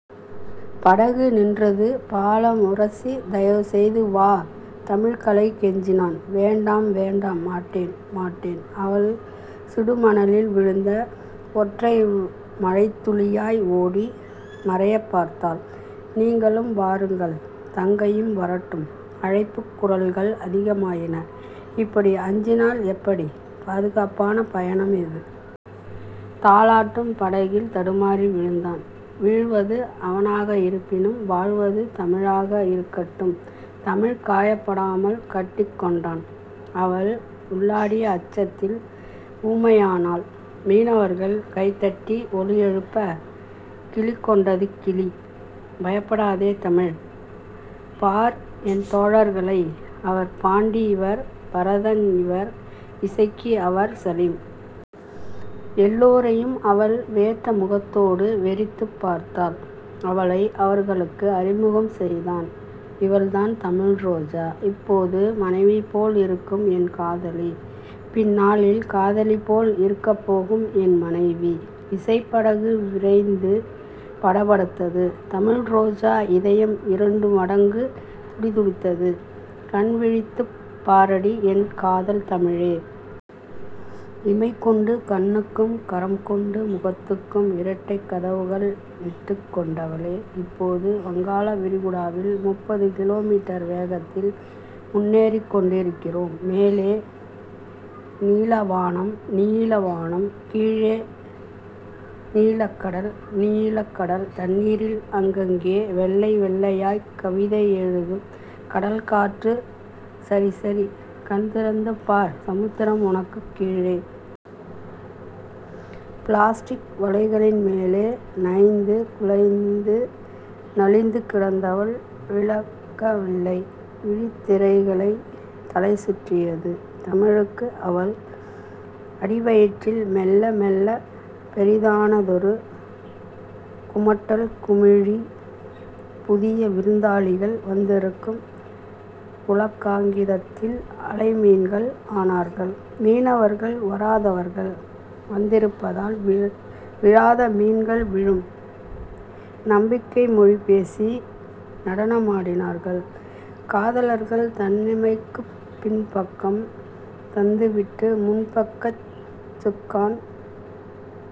படகு நின்றது பாலம் உரசி. தயவுசெய்து வா தமிழ் கலை கெஞ்சினான் வேண்டாம் வேண்டாம் மாட்டேன. மாட்டேன். அவள் சுடுமணலில் விழுந்த ஒற்றை மழைத்துளியாய் ஓடி மறையப்பார்த்தாள். நீங்களும் வாருங்கள் தங்கையும் வரட்டும் அழைப்புக் குரல்கள் அதிகமாயின. இப்படி அஞ்சினால் எப்படி? பாதுகாப்பான பயணம் இது. தாலாட்டும் படகில் தடுமாறி விழுந்தான். வீழ்வது அவனாக இருப்பினும் வாழ்வது தமிழாக இருக்கட்டும் தமிழ் காயப்படாமல் கட்டிக்கொண்டான். அவள் உள்ளாடிய அச்சத்தில் ஊமையானாள். மீனவர்கள் கைதட்டி ஒலிஎழுப்ப கிலிகொண்டது கிளி. பயப்படாதே தமிழ். பார் என் தோழர்களை. அவர் பாண்டி இவர் பரதன் இவர் இசக்கி அவர் சலிம். எல்லோரையும் அவள் வேர்த்த முகத்தோடு வெறித்துப் பார்த்தாள். அவளை அவர்களுக்கு அறிமுகம் செய்தான் இவள்தான் தமிழ்ரோஜா. இப்போது மனைவிபோல் இருக்கும் என் காதலி. பின்னாளில் காதலிபோல் இருக்கப்போகும் என் மனைவி. விசைப்படகு விரைந்து படபடத்தது தமிழ்ரோஜா இதயம் இரண்டுமடங்கு துடிதுடித்தது. கண்விழித்துப் பாரடி என் காதல்தமிழே. இமைகொண்டு கண்ணுக்கும் கரம்கொண்டு முகத்துக்கும் இரட்டைக்கதவுகள் இட்டுக் கொண்டவளே. இப்போது வங்காள விரிகுடாவில் முப்பது கிலோமீட்டர் வேகத்தில் முன்னேறிக் கொண்டிருக்கிறோம். மேலே நீலவானம் நீளவானம். கீழே நீலக்கடல் நீளக்கடல். தண்ணீரில் அங்கங்கே வெள்ளைவெள்ளையாய்க் கவிதை எழுதும் கடற்காற்று. சரி. சரி. கண்திறந்துபார். சமுத்திரம் உனக்குக் கீழே. பிளாஸடிக் வலைகளின்மேலே நைந்து குலைந்து நலிந்துகிடந்தவள் விலக்கவில்லை விழித்திரைகளை. தலைசுற்றியது தமிழுக்கு. அவள் அடிவயிற்றில் மெல்ல மெல்லப் பெரிதானதொரு குமட்டல் குமிழி. புதிய விருந்தாளிகள் வந்திருக்கும் புளகாங்கிதத்தில் அலைமீன்கள் ஆனார்கள் மீனவர்கள். வராதவர்கள் வந்திருப்பதால் விழாத மீன்கள் விழும். நம்பிக்கைமொழி பேசி நடனமாடினார்கள். காதலர் தனிமைக்குப் பின்பக்கம் தந்துவிட்டு முன்பக்கச் சுக்கான்